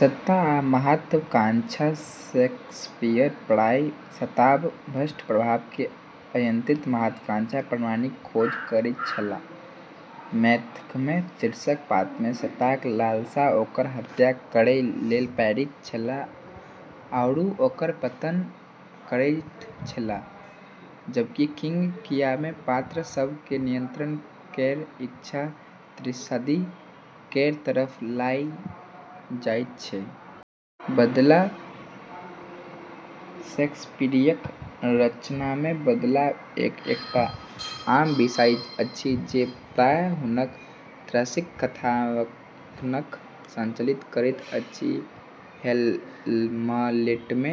सत्ता आ महत्वाकांक्षा: शेक्सपियर प्रायः सत्ताक भ्रष्ट प्रभाव आ अनियंत्रित महत्वाकांक्षाक परिणामक खोज करैत छलाह। मैकबेथमे शीर्षक पात्रकेँ सत्ताक लालसा ओकरा हत्या करै लेल प्रेरित करैत छै आरू ओकर पतन करैत छै, जबकि किंग लीयरमे पात्र सभ केर नियंत्रण केर इच्छा त्रासदी केर तरफ लऽ जाइत छै। बदला: शेक्सपियरक रचनामे बदला लेब एकटा आम विषय अछि, जे प्रायः हुनक त्रासदीक कथानककेँ संचालित करैत अछि। हैमलेटमे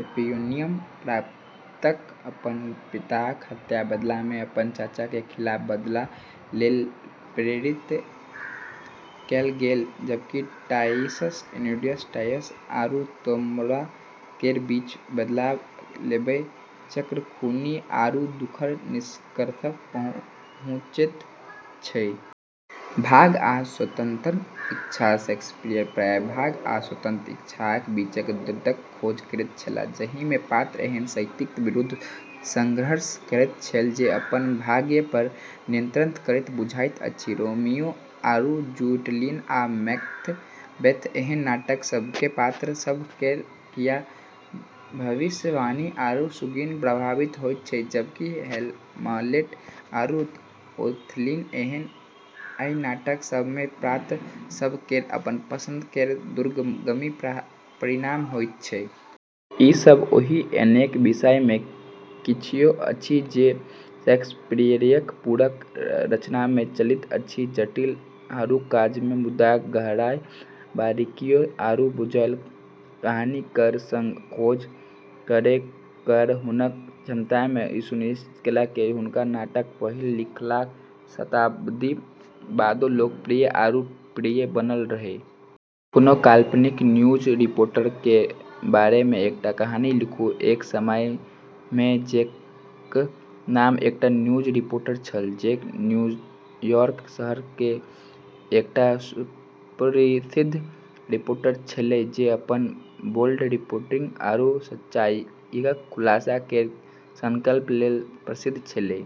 एपोनिमस पात्रकेँ अपन पिताक हत्याक बदलामे अपन चाचा केर खिलाफ बदला लेबै लेल प्रेरित कएल गेल छै, जबकि टाइटस एंड्रोनिकसमे टाइटस आरू तमोरा केर बीच बदला लेबै केर चक्र खूनी आरू दुखद निष्कर्षपर पहुँचैत छै। भाग्य आ स्वतन्त्र इच्छा: शेक्सपियर प्रायः भाग्य आ स्वतन्त्र इच्छाक बीचक द्वंद्वक खोज करैत छलाह, जाहिमे पात्र एहन शक्तिक विरुद्ध संघर्ष करैत छल जे अपन भाग्यपर नियंत्रण करैत बुझाइत अछि। रोमियो आरू जूलियट आरू मैकबेथ एहन नाटक सभमे पात्र सभ केर क्रिया भविष्यवाणी आरू शगुनसँ प्रभावित होइत छै, जबकि हैमलेट आरू ओथेलो एहन अन्य नाटक सभमे पात्र सभ केर अपन पसंद केर दूरगामी परिणाम होइत छै। ई सब ओहि अनेक विषयमेसँ किछुए अछि जे शेक्सपियरक पूरा रचनामे चलैत अछि। जटिल आरू कालजयी मुद्दाकेँ गहराई, बारीकियों, आरू बेजोड़ कहानी केर संग खोज करै केर हुनक क्षमताने ई सुनिश्चित कएलकै जे हुनक नाटक पहिल लिखलाक शताब्दी बादो लोकप्रिय आरू प्रिय बनल रहै। कोनो काल्पनिक न्यूज रिपोर्टर केर बारेमे एकटा कहानी लिखू। एक समयमे जैक नामक एकटा न्यूज रिपोर्टर छल। जैक न्यूयॉर्क शहर केर एकटा सुप्रसिद्ध रिपोर्टर छेलै, जे अपन बोल्ड रिपोर्टिंग आरू सच्चाईकेँ खुलासा करै केर संकल्प लेल प्रसिद्ध छेलै।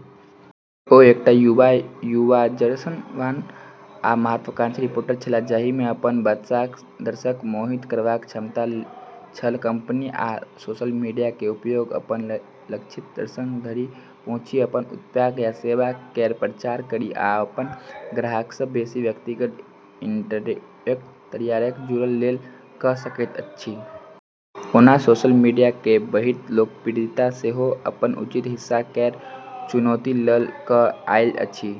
ओ एकटा युवा, ऊर्जावान, आ महत्वाकांक्षी रिपोर्टर छलाह जिनकामे अपन बातसँ दर्शककेँ मोहित करबाक क्षमता छल। कंपनी आब सोशल मीडिया केर उपयोग अपन लक्षित दर्शक धरि पहुँचै, अपन उत्पाद या सेवा केर प्रचार करै, आ अपन ग्राहकसँ बेसी व्यक्तिगत आ इंटरैक्टिव तरीकासँ जुड़ै लेल कऽ सकैत अछि। ओना सोशल मीडिया केर बढ़ैत लोकप्रियता सेहो अपन उचित हिस्सा केर चुनौती लऽ कऽ आयल अछि।